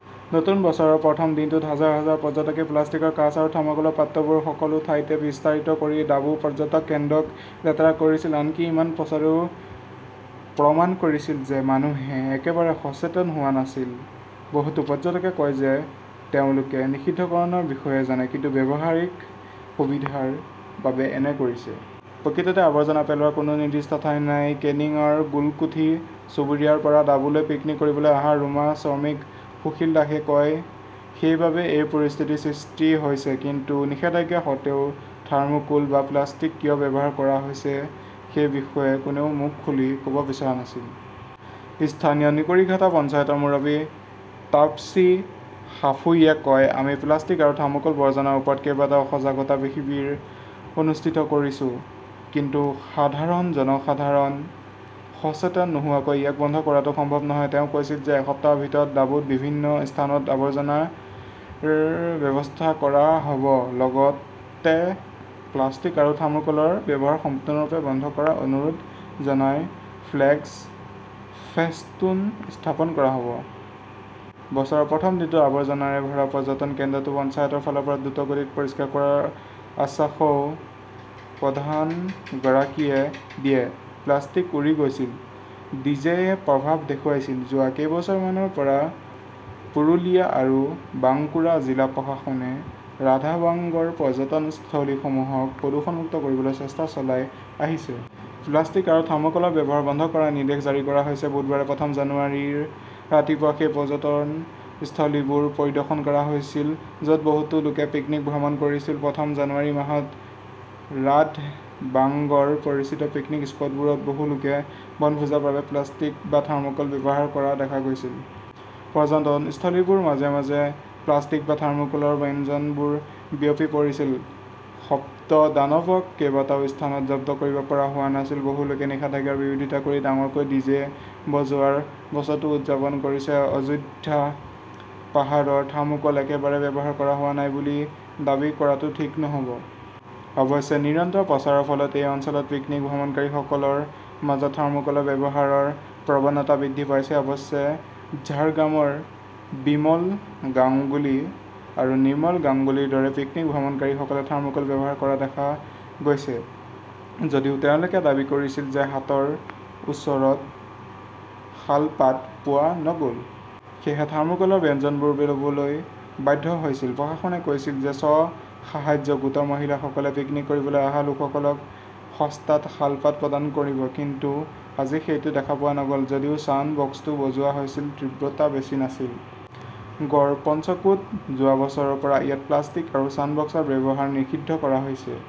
নতুন বছৰৰ প্ৰথম দিনটোত হাজাৰ -হাজাৰ পৰ্যটকে প্লাষ্টিক্সৰ কাঁচ আৰু থাৰ্মকলৰ পাত্ৰবোৰ সকলো ঠাইতে বিস্তাৰিত কৰি ডাবু পৰ্যটন কেন্দ্ৰক লেতেৰা কৰিছিল। আনকি ইমান প্ৰচাৰেও প্ৰমাণ কৰিছিল যে মানুহে একেবাৰে সচেতন হোৱা নাছিল। বহুতো পৰ্যটকে কয় যে তেওঁলোকে নিষিদ্ধকৰণৰ বিষয়ে জানে ,কিন্তু ব্যৱহাৰিক সুবিধাৰ বাবে এনে কৰিছে। প্ৰকৃততে আৱৰ্জনা পেলোৱাৰ কোনো নিৰ্দিষ্ট ঠাই নাই, কেনিংৰ গোলকুঠি চুবুৰীয়াৰ পৰা ডাবুলৈ পিকনিক কৰিবলৈ অহা ৰুমা শ্ৰমিক সুশীল দাসে কয় সেইবাবেই এই পৰিস্থিতিৰ সৃষ্টি হৈছে। কিন্তু নিষেধাজ্ঞা সত্বেও থাৰ্মোকোল বা প্লাষ্টিক কিয় ব্যৱহাৰ কৰা হৈছে সেই বিষয়ে কোনেও মুখ খুলি ক'ব বিচৰা নাছিল। স্থানীয় নিকৰিঘাটা পঞ্চায়তৰ মুৰব্বী তাপ্সী সাঁফুইয়ে কয়, আমি প্লাষ্টিক আৰু থাৰ্মোকল বৰ্জনৰ ওপৰত কেইবাটাও সজাগতা শিবিৰ অনুষ্ঠিত কৰিছো। কিন্তু সাধাৰণ জনসাধাৰণ সচেতন নোহোৱাকৈ ইয়াক বন্ধ কৰাটো সম্ভৱ নহয়। তেওঁ কৈছিল যে এসপ্তাহৰ ভিতৰত ডাবুত বিভিন্ন স্থানত আৱৰ্জনাৰ ব্যৱস্থা কৰা হ'ব লগতে প্লাষ্টিক আৰু থাৰ্মোকোলৰ ব্যৱহাৰ সম্পূৰ্ণৰূপে বন্ধ কৰাৰ অনুৰোধ জনাই ফ্লেক্স, ফেস্টুন স্থাপন কৰা হ'ব। বছৰৰ প্ৰথম দিনটোত আবৰ্জনাৰে ভৰা পৰ্যটন কেন্দ্ৰটো পঞ্চায়তৰ ফালৰ পৰা দ্ৰুতগতিত পৰিষ্কাৰ কৰাৰ আশ্বাসও প্ৰধানগৰাকীয়ে দিয়ে। প্লাষ্টিক উৰি গৈছিল, ডিজেয়ে প্ৰভাৱ দেখুৱাইছিল যোৱা কেইবছৰমানৰ পৰা পুৰুলিয়া আৰু বাংকুৰা জিলা প্ৰশাসনে ৰাধাবাংগৰ পৰ্যটনস্থলীসমূহক প্ৰদূষণমুক্ত কৰিবলৈ চেষ্টা চলাই আহিছে। প্লাষ্টিক আৰু থাৰ্মকলৰ ব্যৱহাৰ বন্ধ কৰাৰ নিৰ্দেশ জাৰি কৰা হৈছে। বুধবাৰে প্ৰথম জানুৱাৰীৰ ৰাতিপুৱা সেই পৰ্যটনস্থলীবোৰ পৰিদৰ্শন কৰা হৈছিল য'ত বহুতো লোকে পিকনীক ভ্ৰমণ কৰিছিল। প্ৰথম জানুৱাৰী মাহত ৰাধবাংগৰ পৰিচিত পিকনিক স্পটবোৰত বহু লোকে বনভোজৰ বাবে প্লাষ্টিক বা থাৰ্মোকোল ব্যৱহাৰ কৰা দেখা গৈছিল। পৰ্যটনস্থলীবোৰৰ মাজে- মাজে প্লাষ্টিক বা থাৰ্মকোলৰ ব্যঞ্জনবোৰ বিয়পি পৰিছিল। শব্দদানৱক কেইবাটাও স্থানত জব্দ কৰিব পৰা হোৱা নাছিল। বহু লোকে নিষেধাজ্ঞাৰ বিৰোধিতা কৰি ডাঙৰকৈ ডিজে বজোৱাৰ বছৰটো উদযাপন কৰিছে। অযোধ্যা পাহাৰৰ থাৰ্মোকল একেবাৰে ব্যৱহাৰ কৰা হোৱা নাই বুলি দাবী কৰাটো ঠিক নহ'ব। অৱশ্যে নিৰন্তৰ প্ৰচাৰৰ ফলত এই অঞ্চলত পিকনীক ভ্ৰমণকাৰীসকলৰ মাজত থাৰ্মোকলৰ ব্যৱহাৰৰ প্ৰৱণতা বৃদ্ধি পাইছে। অৱশ্যে ঝাৰগ্ৰামৰ বিমল গাংগুলী আৰু নিৰ্মল গাংগুলীৰ দৰে পিকনীক ভ্ৰমণকাৰীসকলে থাৰ্মোকোল ব্যৱহাৰ কৰা দেখা গৈছে। যদিও তেওঁলোকে দাবী কৰিছিল যে হাতৰ ওচৰত শালপাত পোৱা নগ'ল। সেয়েহে থাৰ্মোকোলৰ ব্যঞ্জনবোৰ ল'বলৈ বাধ্য হৈছিল। প্ৰশাসনে কৈছিল যে স্ব-সাহায্য গোটৰ মহিলাসকলে পিকনিক কৰিবলৈ অহা লোকসকলক সস্তাত শালপাত প্ৰদান কৰিব, কিন্তু আজি সেইটো দেখা পোৱা নগ'ল। যদিও ছাউণ্ড বক্সটো বজোৱা হৈছিল, তীব্ৰতা বেছি নাছিল। গড় পঞ্চকোট যোৱা বছৰৰ পৰা ইয়াত প্লাষ্টিক আৰু ছাউণ্ড বক্সৰ ব্যৱহাৰ নিষিদ্ধ কৰা হৈছে।